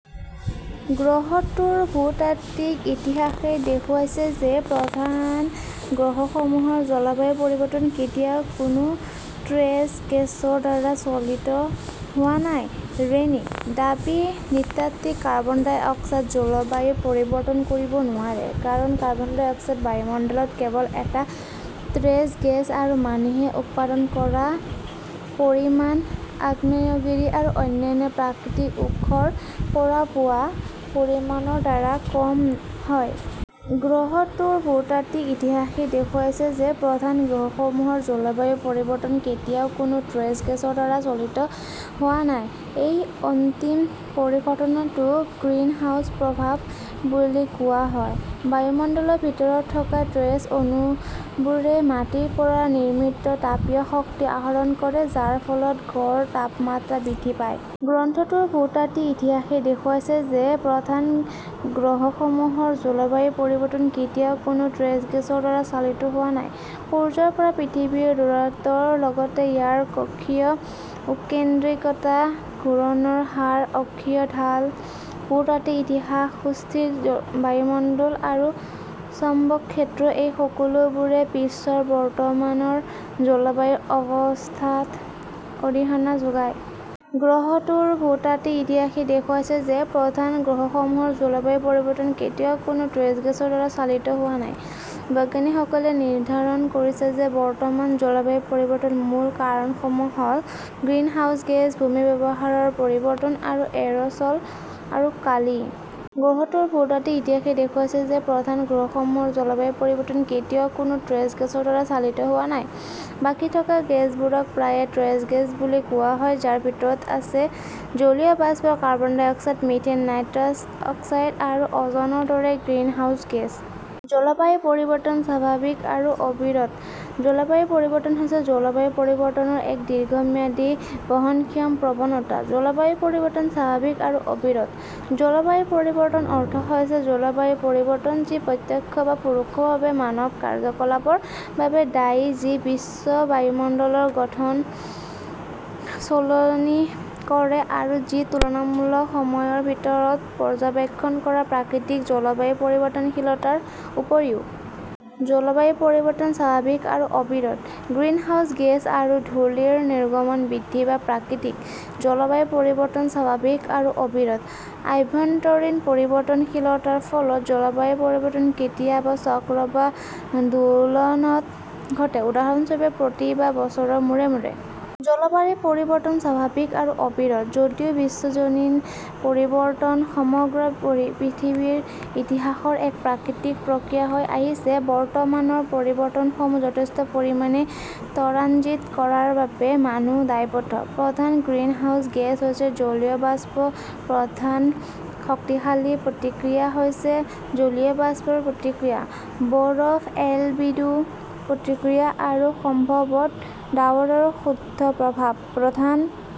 গ্ৰহটোৰ ভূতাত্ত্বিক ইতিহাসে দেখুৱাইছে যে প্ৰধান গ্ৰহসমূহৰ জলবায়ু পৰিৱৰ্তন কেতিয়াও কোনো ট্ৰেছ গেছৰ দ্বাৰা চালিত হোৱা নাই। ৰেনী: "দাবী: নৃতাত্ত্বিক কাৰ্বন ডাই অক্সাইড জলবায়ু পৰিৱৰ্তন কৰিব নোৱাৰে, কাৰণ কাৰ্বন ডাই অক্সাইড বায়ুমণ্ডলত কেৱল এটা ট্ৰেছ গেছ আৰু মানুহে উৎপাদন কৰা পৰিমাণ আগ্নেয়গিৰি আৰু অন্যান্য প্ৰাকৃতিক উৎসৰ পৰা পোৱা পৰিমাণৰ দ্বাৰা কম হয়। গ্ৰহটোৰ ভূতাত্ত্বিক ইতিহাসে দেখুৱাইছে যে প্ৰধান গ্ৰহসমূহৰ জলবায়ু পৰিৱৰ্তন কেতিয়াও কোনো ট্ৰেছ গেছৰ দ্বাৰা চালিত হোৱা নাই। এই অন্তিম পৰিঘটনাটোক গ্ৰীণহাউছ প্ৰভাৱ বুলি কোৱা হয়ঃ বায়ুমণ্ডলৰ ভিতৰত থকা ট্ৰেছ অণুবোৰে মাটিৰ পৰা নিৰ্মিত তাপীয় শক্তি আহৰণ কৰে, যাৰ ফলত গড় তাপমাত্ৰা বৃদ্ধি পায়। গ্ৰহটোৰ ভূতাত্ত্বিক ইতিহাসে দেখুৱাইছে যে প্ৰধান গ্ৰহসমূহৰ জলবায়ু পৰিৱৰ্তন কেতিয়াও কোনো ট্ৰেছ গেছৰ দ্বাৰা চালিত হোৱা নাই। সূৰ্যৰ পৰা পৃথিৱীৰ দূৰত্বৰ লগতে ইয়াৰ কক্ষীয় উৎকেন্দ্ৰিকতা, ঘূৰণৰ হাৰ, অক্ষীয় ঢাল, ভূতাত্ত্বিক ইতিহাস, সুস্থিৰ বায়ুমণ্ডল আৰু চৌম্বক ক্ষেত্ৰ এই সকলোবোৰে পৃষ্ঠৰ বৰ্তমানৰ জলবায়ুৰ অৱস্থাত অৰিহণা যোগায়। গ্ৰহটোৰ ভূতাত্ত্বিক ইতিহাসে দেখুৱাইছে যে প্ৰধান গ্ৰহসমূহৰ জলবায়ু পৰিৱৰ্তন কেতিয়াও কোনো ট্ৰেছ গেছৰ দ্বাৰা চালিত হোৱা নাই। বিজ্ঞানীসকলে নিৰ্ধাৰণ কৰিছে যে বৰ্তমানৰ জলবায়ু পৰিৱৰ্তনৰ মূল কাৰকসমূহ হ "ল গ্ৰীণহাউচ গেছ, ভূমি ব্যৱহাৰৰ পৰিৱৰ্তন, আৰু এৰ" ছল আৰু কালি। গ্ৰহটোৰ ভূতাত্ত্বিক ইতিহাসে দেখুৱাইছে যে প্ৰধান গ্ৰহসমূহৰ জলবায়ু পৰিৱৰ্তন কেতিয়াও কোনো ট্ৰেছ গেছৰ দ্বাৰা চালিত হোৱা নাই। বাকী থকা গেছবোৰক প্ৰায়ে ট্ৰেছ গেছ বুলি কোৱা হয়, যাৰ ভিতৰত আছে জলীয় বাষ্প, carbon dioxide, methane, nitrous oxide আৰু অ 'জনৰ দৰে গ্ৰীণহাউচ গেছ। জলবায়ু পৰিৱৰ্তন স্বাভাৱিক আৰু অবিৰত। জলবায়ু পৰিৱৰ্তন হৈছে জলবায়ু পৰিৱৰ্তনৰ এক দীৰ্ঘম্যাদী, বহনক্ষম প্ৰৱণতা। জলবায়ু পৰিৱৰ্তন স্বাভাৱিক আৰু অবিৰত। জলবায়ু পৰিৱৰ্তনৰ অৰ্থ হৈছে জলবায়ুৰ পৰিৱৰ্তন যি প্ৰত্যক্ষ বা পৰোক্ষভাৱে মানৱ কাৰ্যকলাপৰ বাবে দায়ী যি বিশ্ব বায়ুমণ্ডলৰ গঠন সলনি কৰে আৰু যি তুলনামূলক সময়ৰ ভিতৰত পৰ্যবেক্ষণ কৰা প্ৰাকৃতিক জলবায়ু পৰিৱৰ্তনশীলতাৰ উপৰিও। জলবায়ু পৰিৱৰ্তন স্বাভাৱিক আৰু অবিৰত। গ্ৰিনহাউস গেছ আৰু ধূলিৰ নিৰ্গমন বৃদ্ধি বা প্ৰাকৃতিক। জলবায়ু পৰিৱৰ্তন স্বাভাৱিক আৰু অবিৰত। আভ্যন্তৰীণ পৰিৱৰ্তনশীলতাৰ ফলত জলবায়ু পৰিৱৰ্তন কেতিয়াবা চক্ৰ বা দোলনত ঘটে, উদাহৰণস্বৰূপে প্ৰতি বা বছৰৰ মূৰে মূৰে। জলবায়ু পৰিৱৰ্তন স্বাভাৱিক আৰু অবিৰত। যদিও বিশ্বজনীন পৰিৱৰ্তন সমগ্ৰ পৃথিৱীৰ ইতিহাসত এক প্ৰাকৃতিক প্ৰক্ৰিয়া হৈ আহিছে, বৰ্তমানৰ পৰিৱৰ্তনসমূহ যথেষ্ট পৰিমাণে ত্বৰান্বিত কৰাৰ বাবে মানুহ দায়বদ্ধ। প্ৰধান গ্ৰীণহাউস গেছ হৈছে জলীয় বাষ্প প্ৰধান শক্তিশালী প্ৰতিক্ৰিয়া হৈছে জলীয় বাষ্পৰ প্ৰতিক্ৰিয়া, বৰফ-এলবিডো প্ৰতিক্ৰিয়া, আৰু সম্ভৱতঃ ডাৱৰৰ শুদ্ধ প্ৰভাৱ। প্ৰধান